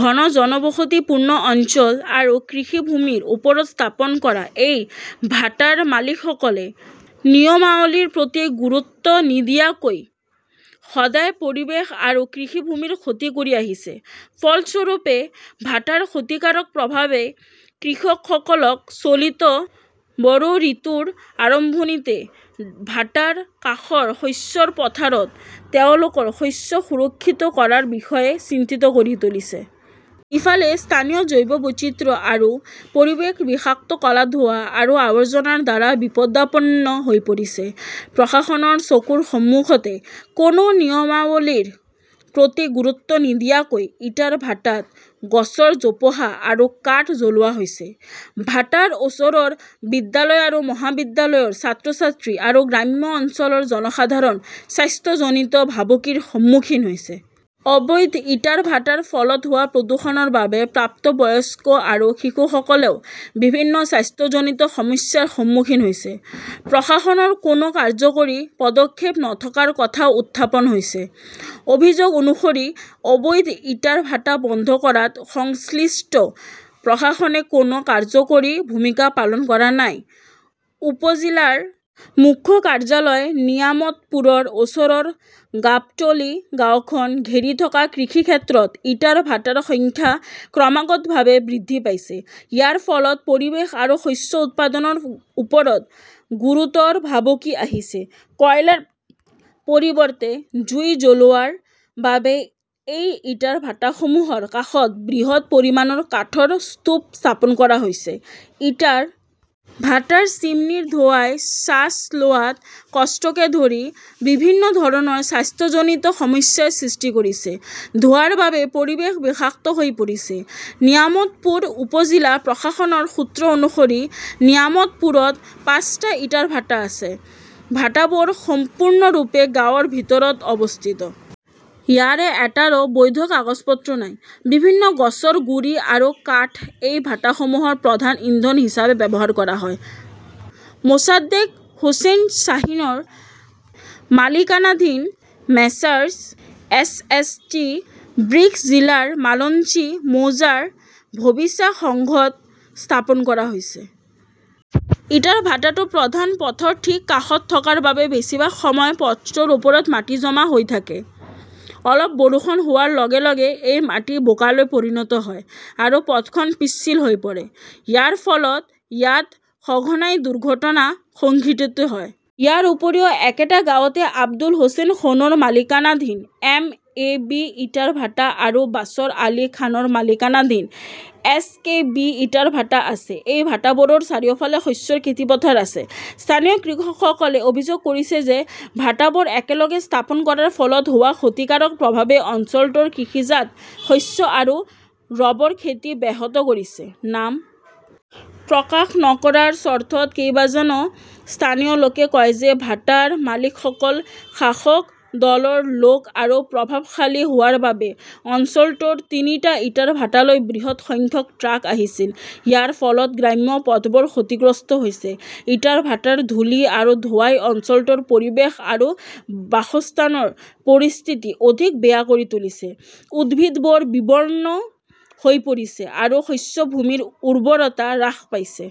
ঘন জনবসতিপূৰ্ণ অঞ্চল আৰু কৃষিভূমিৰ ওপৰত স্থাপন কৰা এই ভাটাৰ মালিকসকলে নিয়মাৱলীৰ প্ৰতি গুৰুত্ব নিদিয়াকৈ সদায় পৰিৱেশ আৰু কৃষিভূমিৰ ক্ষতি কৰি আহিছে। ফলস্বৰূপে, ভাটাৰ ক্ষতিকাৰক প্ৰভাৱে কৃষকসকলক চলিত বৰো ঋতুৰ আৰম্ভণিতে ভাটাৰ কাষৰ শস্যৰ পথাৰত তেওঁলোকৰ শস্য সুৰক্ষিত কৰাৰ বিষয়ে চিন্তিত কৰি তুলিছে। ইফালে, স্থানীয় জৈৱ বৈচিত্ৰ্য আৰু পৰিৱেশ বিষাক্ত ক'লা ধোঁৱা আৰু আৱৰ্জনাৰ দ্বাৰা বিপদাপন্ন হৈ পৰিছে। প্ৰশাসনৰ চকুৰ সন্মুখতে কোনো নিয়মাৱলীৰ প্ৰতি গুৰুত্ব নিদিয়াকৈ ইটাৰ ভাটাত গছৰ জোপোহা আৰু কাঠ জ্বলোৱা হৈছে। ভাটাৰ ওচৰৰ বিদ্যালয় আৰু মহাবিদ্যালয়ৰ ছাত্ৰ ছাত্ৰী আৰু গ্ৰাম্য অঞ্চলৰ জনসাধাৰণ স্বাস্থ্যজনিত ভাবুকিৰ সন্মুখীন হৈছে। অবৈধ ইটাৰ ভাটাৰ ফলত হোৱা প্ৰদূষণৰ বাবে প্ৰাপ্তবয়স্ক আৰু শিশুসকলেও বিভিন্ন স্বাস্থ্যজনিত সমস্যাৰ সন্মুখীন হৈছে। প্ৰশাসনৰ কোনো কাৰ্যকৰী পদক্ষেপ নথকাৰ কথাও উত্থাপন হৈছে। অভিযোগ অনুসৰি, অবৈধ ইটাৰ ভাটা বন্ধ কৰাত সংশ্লিষ্ট প্ৰশাসনে কোনো কাৰ্যকৰী ভূমিকা পালন কৰা নাই। উপজিলাৰ মুখ্য কাৰ্যালয় নিয়ামতপুৰৰ ওচৰৰ গাবটলি গাঁওখন ঘেৰি থকা কৃষিক্ষেত্ৰত ইটাৰ ভাটাৰ সংখ্যা ক্ৰমাগতভাৱে বৃদ্ধি পাইছে। ইয়াৰ ফলত পৰিৱেশ আৰু শস্য উৎপাদনৰ ওপৰত গুৰুতৰ ভাবুকি আহিছে। কয়লাৰ পৰিৱৰ্তে জুই জ্বলোৱাৰ বাবে এই ইটাৰ ভাটাসমূহৰ কাষত বৃহৎ পৰিমাণৰ কাঠৰ স্তূপ স্থাপন কৰা হৈছে। ইটাৰ ভাটাৰ চিমনীৰ ধোঁৱাই শ্বাস লোৱাত কষ্টকে ধৰি বিভিন্ন ধৰণৰ স্বাস্থ্যজনিত সমস্যাৰ সৃষ্টি কৰিছে। ধোঁৱাৰ বাবে পৰিৱেশ বিষাক্ত হৈ পৰিছে। নিয়ামতপুৰ উপজিলা প্ৰশাসনৰ সূত্ৰ অনুসৰি, নিয়ামতপুৰত পাঁচটা ইটাৰ ভাটা আছে। ভাটাবোৰ সম্পূৰ্ণৰূপে গাঁৱৰ ভিতৰত অৱস্থিত। ইয়াৰে এটাৰো বৈধ কাগজ পত্ৰ নাই। বিভিন্ন গছৰ গুৰি আৰু কাঠ এই ভাটাসমূহৰ প্ৰধান ইন্ধন হিচাপে ব্যৱহাৰ কৰা হয়। মোসাদ্দেক হোসেন শ্বাহীনৰ মালিকানাধীন Messrs S S T bricks জিলাৰ মালঞ্চি মৌজাৰ ভবিচা সংঘত স্থাপন কৰা হৈছে। ইটাৰ ভাটাটো প্ৰধান পথৰ ঠিক কাষত থকাৰ বাবে বেছিভাগ সময় পথটোৰ ওপৰত মাটি জমা হৈ থাকে। অলপ বৰষুণ হোৱাৰ লগে লগে এই মাটি বোকালৈ পৰিণত হয় আৰু পথখন পিচ্ছিল হৈ পৰে। ইয়াৰ ফলত ইয়াত সঘনাই দুৰ্ঘটনা সংঘটিত হয়। ইয়াৰ উপৰিও একেটা গাঁৱতে আব্দুল হোসেন সোণৰ মালিকানাধীন এম এ বি ইটাৰ ভাটা আৰু বাচৰ আলী খানৰ মালিকানাধীন এছ কে বি ইটাৰ ভাটা আছে। এই ভাটাবোৰৰ চাৰিওফালে শস্যৰ খেতিপথাৰ আছে। স্থানীয় কৃষকসকলে অভিযোগ কৰিছে যে ভাটাবোৰ একেলগে স্থাপন কৰাৰ ফলত হোৱা ক্ষতিকাৰক প্ৰভাৱে অঞ্চলটোৰ কৃষিজাত শস্য আৰু ৰবৰ খেতি ব্যাহত কৰিছে। নাম প্ৰকাশ নকৰাৰ চৰ্তত কেইবাজনো স্থানীয় লোকে কয় যে ভাটাৰ মালিকসকল শাসক দলৰ লোক আৰু প্ৰভাৱশালী হোৱাৰ বাবে অঞ্চলটোৰ তিনিটা ইটাৰ ভাটালৈ বৃহৎ সংখ্যক ট্ৰাক আহিছিল। ইয়াৰ ফলত গ্ৰাম্য পথবোৰ ক্ষতিগ্ৰস্ত হৈছে। ইটাৰ ভাটাৰ ধূলি আৰু ধোঁৱাই অঞ্চলটোৰ পৰিৱেশ আৰু বাসস্থানৰ পৰিস্থিতি অধিক বেয়া কৰি তুলিছে। উদ্ভিদবোৰ বিবৰ্ণ হৈ পৰিছে আৰু শস্যভূমিৰ উৰ্বৰতা হ্ৰাস পাইছে।